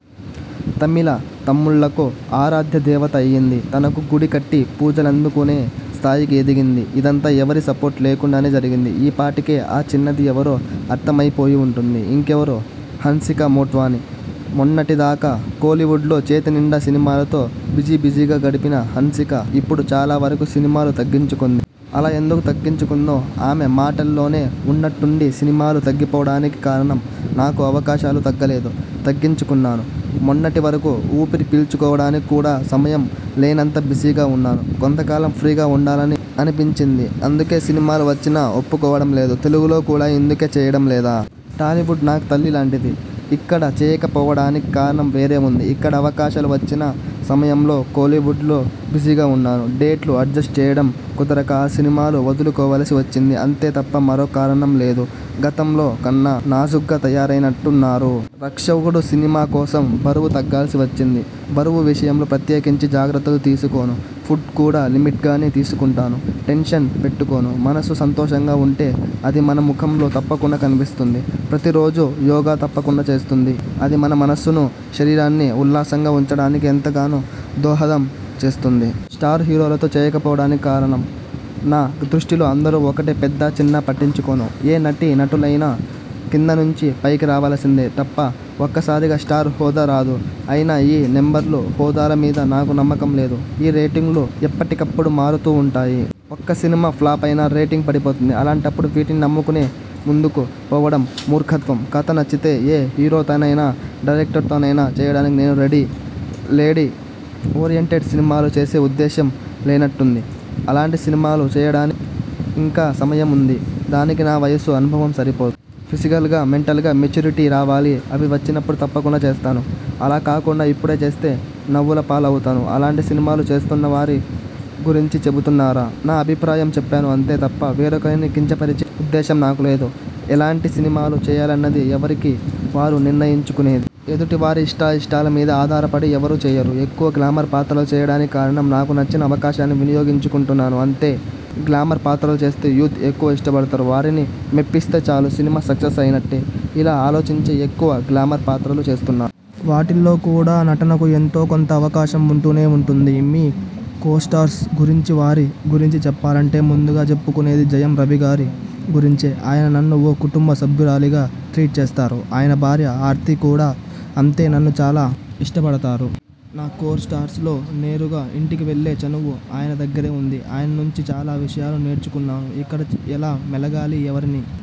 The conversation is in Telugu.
తమిళ తమ్ముళ్ళకు ఆరాధ్య దేవత అయింది. తనకు గుడి కట్టి పూజలందుకునే స్థాయికి ఎదిగింది. ఇదంతా ఎవరి సపోర్ట్ లేకుండానే జరిగింది. ఈ పాటికే ఆ చిన్నది ఎవరో అర్థమైపోయి ఉంటుంది. ఇంకెవరు హన్సికా మోట్వాని. మొన్నటి దాకా కోలీవుడ్లో చేతినిండా సినిమాలతో బిజి బిజీగా గడిపిన హన్సిక ఇప్పుడు చాలా వరకూ సినిమాలు తగ్గించుకుంది. అలా ఎందుకు తగ్గించుకుందో ఆమె మాటల్లోనేఉన్నట్టుండి సినిమాలు తగ్గిపోవడానికి కారణం? నాకు అవకాశాలు తగ్గలేదు. తగ్గించుకున్నాను. మొన్నటి వరకూ ఊపిరి పీల్చుకోవడానికి కూడా సమయం లేనంత బిజీగా ఉన్నాను. కొంతకాలం ఫ్రీగా ఉండాలని అనిపించింది. అందుకే సినిమాలు వచ్చినా ఒప్పుకోవడంలేదు. తెలుగులో కూడా ఇందుకే చేయడం లేదా? టాలీవుడ్ నాకు తల్లి లాంటిది. ఇక్కడ చేయకపోవడానికి కారణం వేరే ఉంది. ఇక్కడ అవకాశాలు వచ్చిన సమయంలో కోలీవుడ్లో బిజీగా ఉన్నాను. డేట్లు అడ్జస్ట్ చేయడం కుదరక ఆ సినిమాలు వదులుకోవలసి వచ్చింది అంతే తప్ప మరో కారణం లేదు. గతంలో కన్నా నాజూగ్గా తయారైనట్టున్నారు? 'రక్షకుడు' సినిమా కోసం బరువు తగ్గాల్సి వచ్చింది. బరువు విషయంలో ప్రత్యేకించి జాగ్రత్తలు తీసుకోను. ఫుడ్ కూడా లిమిట్గానే తీసుకుంటాను. టెన్షన్ పెట్టుకోను. మనస్సు సంతోషంగా ఉంటే అది మన ముఖంలో తప్పకుండా కనిపిస్తుంది. ప్రతి రోజూ యోగా తప్పకుండా చేస్తుంది. అది మన మనస్సునూ, శరీరాన్ని ఉల్లాసంగా ఉంచడానికి ఎంతగానో దోహదం చేస్తుంది. స్టార్ హీరోలతో చేయకపోవడానికి కారణం? నా దృష్టిలో అందరూ ఒకటే పెద్దా చిన్నా పట్టించుకోను. ఏ నటీ నటులైనా కింద నుంచి పైకి రావలసిందే తప్ప ఒక్కసారిగా స్టార్ హోదా రాదు. అయినా ఈ నెంబర్లు, హోదాల మీద నాకు నమ్మకం లేదు. ఈ రేటింగులు ఎప్పటికప్పుడు మారూతూ ఉంటాయి. ఒక్క సినిమా ఫ్లాప్ అయినా రేటింగ్ పడిపోతుంది. అలాంటప్పుడు వీటిని నమ్ముకుని ముందుకు పోవడం మూర్ఖత్వం. కథ నచ్చితే ఏ హీరోతోనైనా, డైరక్టర్తోనైనా చేయడానికి నేను రెడీ లేడీ ఓరియెంటెడ్ సినిమాలు చేసే ఉద్దేశ్యం లేనట్టుంది? అలాంటి సినిమాలు చేయడానికి ఇంకా సమయముంది. దానికి నా వయసు, అనుభవం సరిపోదు. ఫిజికల్గా, మెంటల్గా మెచ్యూరిటీ రావాలి అవి వచ్చినప్పుడు తప్పకుండా చేస్తాను. అలా కాకుండా ఇప్పుడే చేస్తే నవ్వుల పాలు అవుతాను. అలాంటి సినిమాలు చేస్తున్న వారి గురించి చెబుతున్నారా? నా అభిప్రాయం చెప్పాను అంతే తప్ప వేరొకరిని కించపరిచే ఉద్దేశం నాకు లేదు. ఎలాంటి సినిమాలు చేయాలన్నది ఎవరికి వారు నిర్ణయించుకునేది. ఎదుటి వారి ఇష్టాఇష్టాల మీద ఆధారపడి ఎవరూ చేయరు. ఎక్కువ గ్లామర్ పాత్రలు చేయడానికి కారణం? నాకు న చ్చిన అవకాశాన్ని వినియోగించుకుంటున్నాను అంతే గ్లామర్ పాత్రలు చేస్తే యూత్ ఎక్కువగా ఇష్టపడతారు. వారిని మెప్పిస్తే చాలు సినిమా సక్సెస్ అయినట్టే! ఇలా ఆలోచించే ఎక్కువగా గ్లామర్ పాత్రలు చేస్తున్నాను. వాటిల్లో కూడా నటనకు ఎంతో కొంత అవకాశం ఉంటూనే ఉంటుంది. మీ కోస్టార్స్ గురించివారి గురించి చెప్పాలంటే ముందుగా చెప్పుకునేది జయం రవిగారి గురించే ఆయన నన్ను ఓ కుటుంబ సభ్యురాలిగా ట్రీట్ చేస్తారు. ఆయన భార్య ఆర్తి కూడా అంతే! నన్ను చాలా ఇష్టపడతారు. నా కోర్ స్టార్స్లో నేరుగా ఇంటికి వెళ్ళే చనువు ఆయన దగ్గరే ఉంది. ఆయన నుంచి చాలా విషయాలు నేర్చుకున్నాను. ఇక్కడ ఎలా మెలగాలి? ఎవరిని